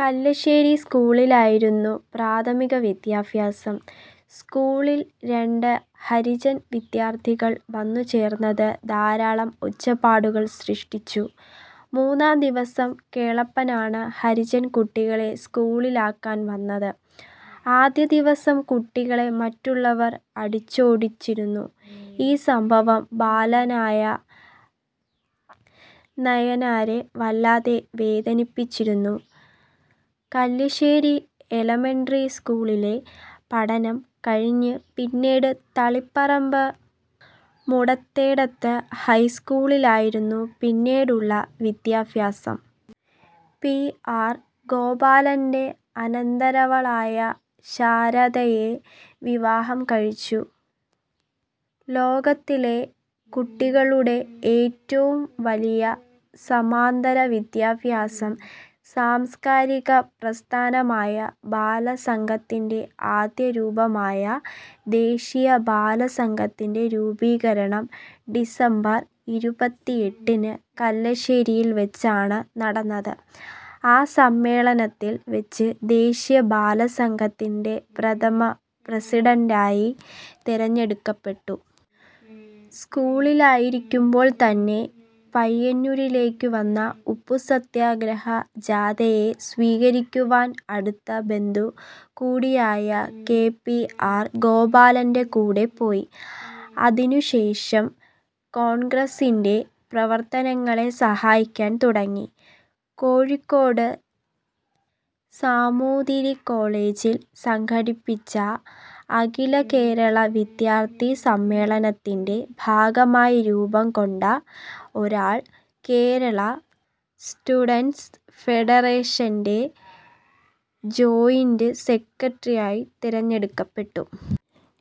കല്ല്യ ശ്ശേരി സ്കൂളിലായിരുന്നു പ്രാഥമിക വിദ്യാഭ്യാസം, സ്കൂളിൽ രണ്ട് ഹരിജൻ വിദ്യാർത്ഥികൾ വന്നു ചേർന്നത് ധാരാളം ഒച്ചപ്പാടുകൾ സൃഷ്ടിച്ചു. മൂന്നാം ദിവസം കേളപ്പനാണ് ഹരിജൻ കുട്ടികളെ സ്കൂളിലാക്കാൻ വന്നത്. ആദ്യ ദിവസം കുട്ടികളെ മറ്റുള്ളവർ അടിച്ചോടിച്ചിരുന്നു. ഈ സംഭവം ബാലനായ നയനാരെ വല്ലാതെ വേദനിപ്പിച്ചിരുന്നു. കല്ല്യശ്ശേരി എലമെൻ്ററി സ്കൂളിലെ പഠനം കഴിഞ്ഞ് പിന്നീട് തളിപ്പറമ്പ് മുടത്തേടത്ത് ഹൈസ്കൂളിലായിരുന്നു പിന്നീടുള്ള വിദ്യാഭ്യാസം. പി. ആർ. ഗോപാലൻ്റെ അനന്തരവളായ ശാരദയെ വിവാഹം കഴിച്ചു. ലോകത്തിലെ കുട്ടികളുടെ ഏറ്റവും വലിയ സമാന്തര വിദ്യാഭ്യാസ സാംസ്കാരിക പ്രസ്ഥാനമായ ബാലസംഘത്തിൻ്റെ ആദ്യ രൂപമായ ദേശീയ ബാലസംഘത്തിൻ്റെ രൂപീകരണം ഡിസംബർ ഇരുപത്തിഎട്ടിന് കല്ല്യശ്ശേരിയിൽ വെച്ചാണ് നടന്നത്. ആ സമ്മേളനത്തിൽ വെച്ച് ദേശീയ ബാലസംഘത്തിൻ്റെ പ്രഥമ പ്രസിഡണ്ടായി തിരഞ്ഞെടുക്കപ്പെട്ടു. സ്കൂളിലായിരിക്കുമ്പോൾ തന്നെ പയ്യന്നൂരിലേക്കു വന്ന ഉപ്പുസത്യാഗ്രഹ ജാഥയെ സ്വീകരിക്കുവാൻ അടുത്ത ബന്ധു കൂടിയായ കെ. പി. ആർ. ഗോപാലൻ്റെ കൂടെ പോയി. അതിനുശേഷം കോൺഗ്രസിൻ്റെ പ്രവർത്തനങ്ങളെ സഹായിക്കാൻ തുടങ്ങി. കോഴിക്കോട് സാമൂതിരികോളേജിൽ സംഘടിപ്പിച്ച അഖിലകേരള വിദ്യാർത്ഥി സമ്മേളനത്തിൻ്റെ ഭാഗമായി രൂപംകൊണ്ട ഓരാൾ കേരള സ്റ്റുഡൻ്റ്സ് ഫെഡറേഷൻ്റെ ജോയിൻ്റ് സെക്രട്ടറിയായി തിരഞ്ഞെടുക്കപ്പെട്ടു.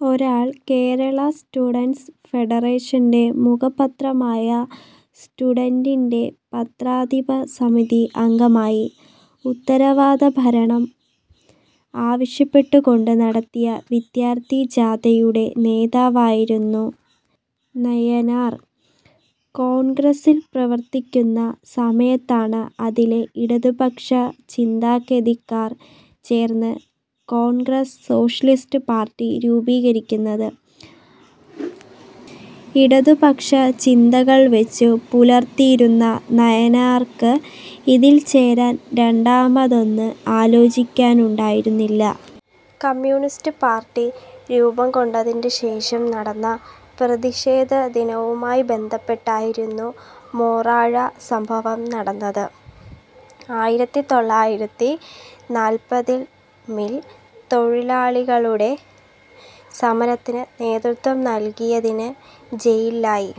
ഓരാൾ കേരള സ്റ്റുഡൻ്റ്സ് ഫെഡറേഷൻ്റെ മുഖപത്രമായ സ്റ്റുഡൻ്റിൻ്റെ പത്രാധിപസമിതി അംഗമായി. ഉത്തരവാദ ഭരണം ആവശ്യപ്പെട്ടുകൊണ്ട് നടത്തിയ വിദ്യാർത്ഥി ജാഥയുടെ നേതാവായിരുന്നു നയനാർ. കോൺഗ്രസിൽ പ്രവർത്തിക്കുന്ന സമയത്താണ് അതിലെ ഇടതു പക്ഷ ചിന്താഗതിക്കാർ ചേർന്ന് കോൺഗ്രസ് സോഷ്യലിസ്റ്റ് പാർട്ടി രൂപീകരിക്കുന്നത്. ഇടതുപക്ഷ ചിന്തകൾ വച്ചു പുലർത്തിയിരുന്ന നയനാർക്ക് അതിൽ ചേരാൻ രണ്ടാമതൊന്ന് ആലോചിക്കാനുണ്ടായിരുന്നില്ല. കമ്മ്യൂണിസ്റ്റ് പാർട്ടി രൂപംകൊണ്ടതിൻ്റെ ശേഷം നടന്ന പ്രതിഷേധദിനവുമായി ബന്ധപ്പെട്ടായിരുന്നു മൊറാഴ സംഭവം നടന്നത്. ആയിരത്തിതൊള്ളായിരത്തിനാല്പതിൽ മിൽ തൊഴിലാളികളുടെ സമരത്തിന് നേതൃത്വം നൽകിയതിന് ജയിൽലായി.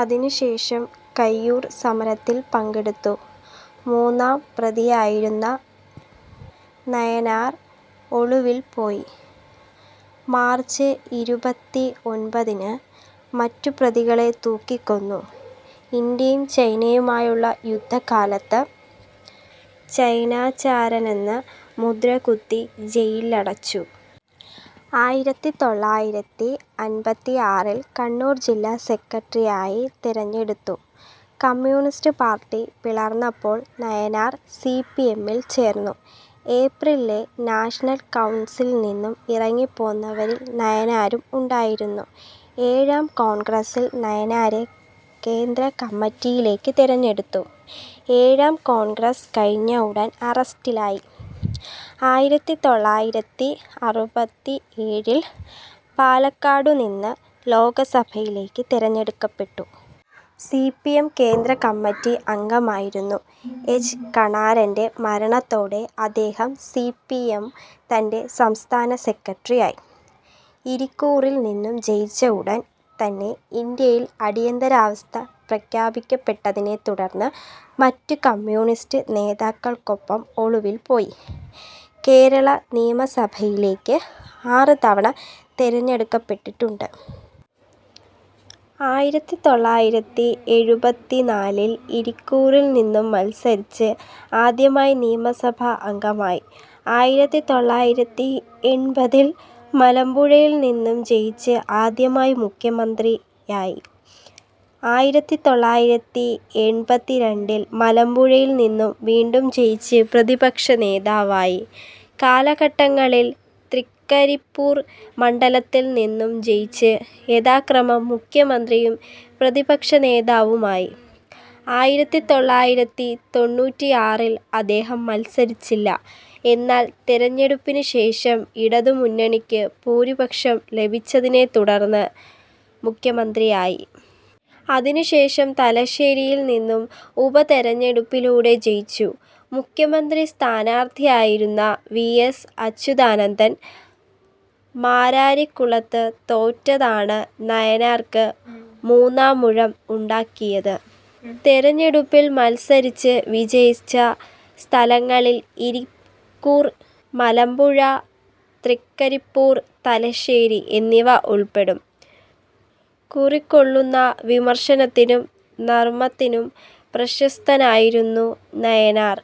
അതിനുശേഷം കയ്യൂർ സമരത്തിൽ പങ്കെടുത്തു. മൂന്നാം പ്രതിയായിരുന്ന നായനാർ ഒളിവിൽ പോയി. മാർച്ച് ഇരുപത്തിഒൻപതിന് മറ്റു പ്രതികളെ തൂക്കിക്കൊന്നു. ഇന്ത്യയും ചൈനയുമായുള്ള യുദ്ധകാലത്ത് ചൈനാചാരനെന്ന് മുദ്രകുത്തി ജയിലിലടച്ചു. ആയിരത്തിതൊള്ളായിരത്തിഅൻപത്തിആറിൽ കണ്ണൂർ ജില്ലാ സെക്രട്ടറിയായി തിരഞ്ഞെടുത്തു. കമ്യൂണിസ്റ്റ് പാർട്ടി പിളർന്നപ്പോൾ നയനാർ സി. പി. എം ൽ ചേർന്നു. ഏപ്രിലിലെ നാഷണൽ കൗൺസിലിൽ നിന്നും ഇറങ്ങിപ്പോന്നവരിൽ നായനാരും ഉണ്ടായിരുന്നു. ഏഴാം കോൺഗ്രസിൽ നയനാരെ കേന്ദ്ര കമ്മിറ്റിയിലേക്കു തിരഞ്ഞെടുത്തു. ഏഴാം കോൺഗ്രസ് കഴിഞ്ഞ ഉടൻ അറസ്റ്റിലായി. ആയിരത്തിതൊള്ളായിരത്തിഅറുപത്തിഏഴിൽ പാലക്കാടുനിന്ന് ലോക്സഭയിലേക്ക് തിരഞ്ഞെടുക്കപ്പെട്ടു. സി. പി. എം. കേന്ദ്ര കമ്മറ്റി അംഗമായിരുന്നു. എച്ച്. കണാരൻ്റെ മരണത്തോടെ അദ്ദേഹം സി. പി. എം. തൻ്റെ സംസ്ഥാന സെക്രട്ടറിയായി. ഇരിക്കൂറിൽ നിന്നും ജയിച്ച ഉടൻ തന്നെ ഇന്ത്യയിൽ അടിയന്തരാവസ്ഥ പ്രഖ്യാപിക്കപ്പെട്ടതിനെ തുടർന്ന് മറ്റു കമ്മ്യൂണിസ്റ്റ് നേതാക്കൾക്കൊപ്പം ഒളിവിൽ പോയി. കേരള നിയമസഭയിലേക്ക് ആറ് തവണ തെരഞ്ഞെടുക്കപ്പെട്ടിട്ടുണ്ട്. ആയിരത്തിതൊള്ളായിരത്തിഎഴുപത്തിനാലിൽ ഇരിക്കൂറിൽ നിന്നും മൽസരിച്ച് ആദ്യമായി നിയമസഭാ അംഗമായി. ആയിരത്തിതൊള്ളായിരത്തിഎൺപതിൽ മലമ്പുഴയിൽ നിന്നും ജയിച്ച് ആദ്യമായി മുഖ്യമന്ത്രിയായി. ആയിരത്തിതൊള്ളായിരത്തിഎൺപത്തിരണ്ടിൽ മലമ്പുഴയിൽ നിന്നും വീണ്ടും ജയിച്ച് പ്രതിപക്ഷനേതാവായി., കാലഘട്ടങ്ങളിൽ തൃക്കരിപ്പൂർ മണ്ഡലത്തിൽ നിന്നും ജയിച്ച് യഥാക്രമം മുഖ്യമന്ത്രിയും പ്രതിപക്ഷനേതാവുമായി. ആയിരത്തിതൊള്ളായിരത്തിതൊണ്ണൂറ്റിആറിൽ അദ്ദേഹം മത്സരിച്ചില്ല. എന്നാൽ തെരഞ്ഞെടുപ്പിനുശേഷം ഇടതുമുന്നണിക്ക് ഭൂരിപക്ഷം ലഭിച്ചതിനെത്തുടർന്ന് മുഖ്യമന്ത്രിയായി. അതിനു ശേഷം തലശ്ശേരിയിൽ നിന്നും ഉപതെരഞ്ഞെടുപ്പിലൂടേ ജയിച്ചു. മുഖ്യമന്ത്രി സ്ഥാനാർത്ഥിയായിരുന്ന വി. എസ്. അച്യുതാനന്ദൻ മാരാരിക്കുളത്ത് തോറ്റതാണ് നയനാർക്ക് മൂന്നാമുഴം ഉണ്ടാക്കിയത്. തിരഞ്ഞെടുപ്പിൽ മത്സരിച്ച് വിജയിച്ച സ്ഥലങ്ങളിൽ ഇരിക്കൂർ, മലമ്പുഴ, തൃക്കരിപ്പൂർ, തലശ്ശേരി എന്നിവ ഉൾപ്പെടും. കുറിക്കുകൊള്ളുന്ന വിമർശനത്തിനും നർമ്മത്തിനും പ്രശസ്തനായിരുന്നു നായനാർ.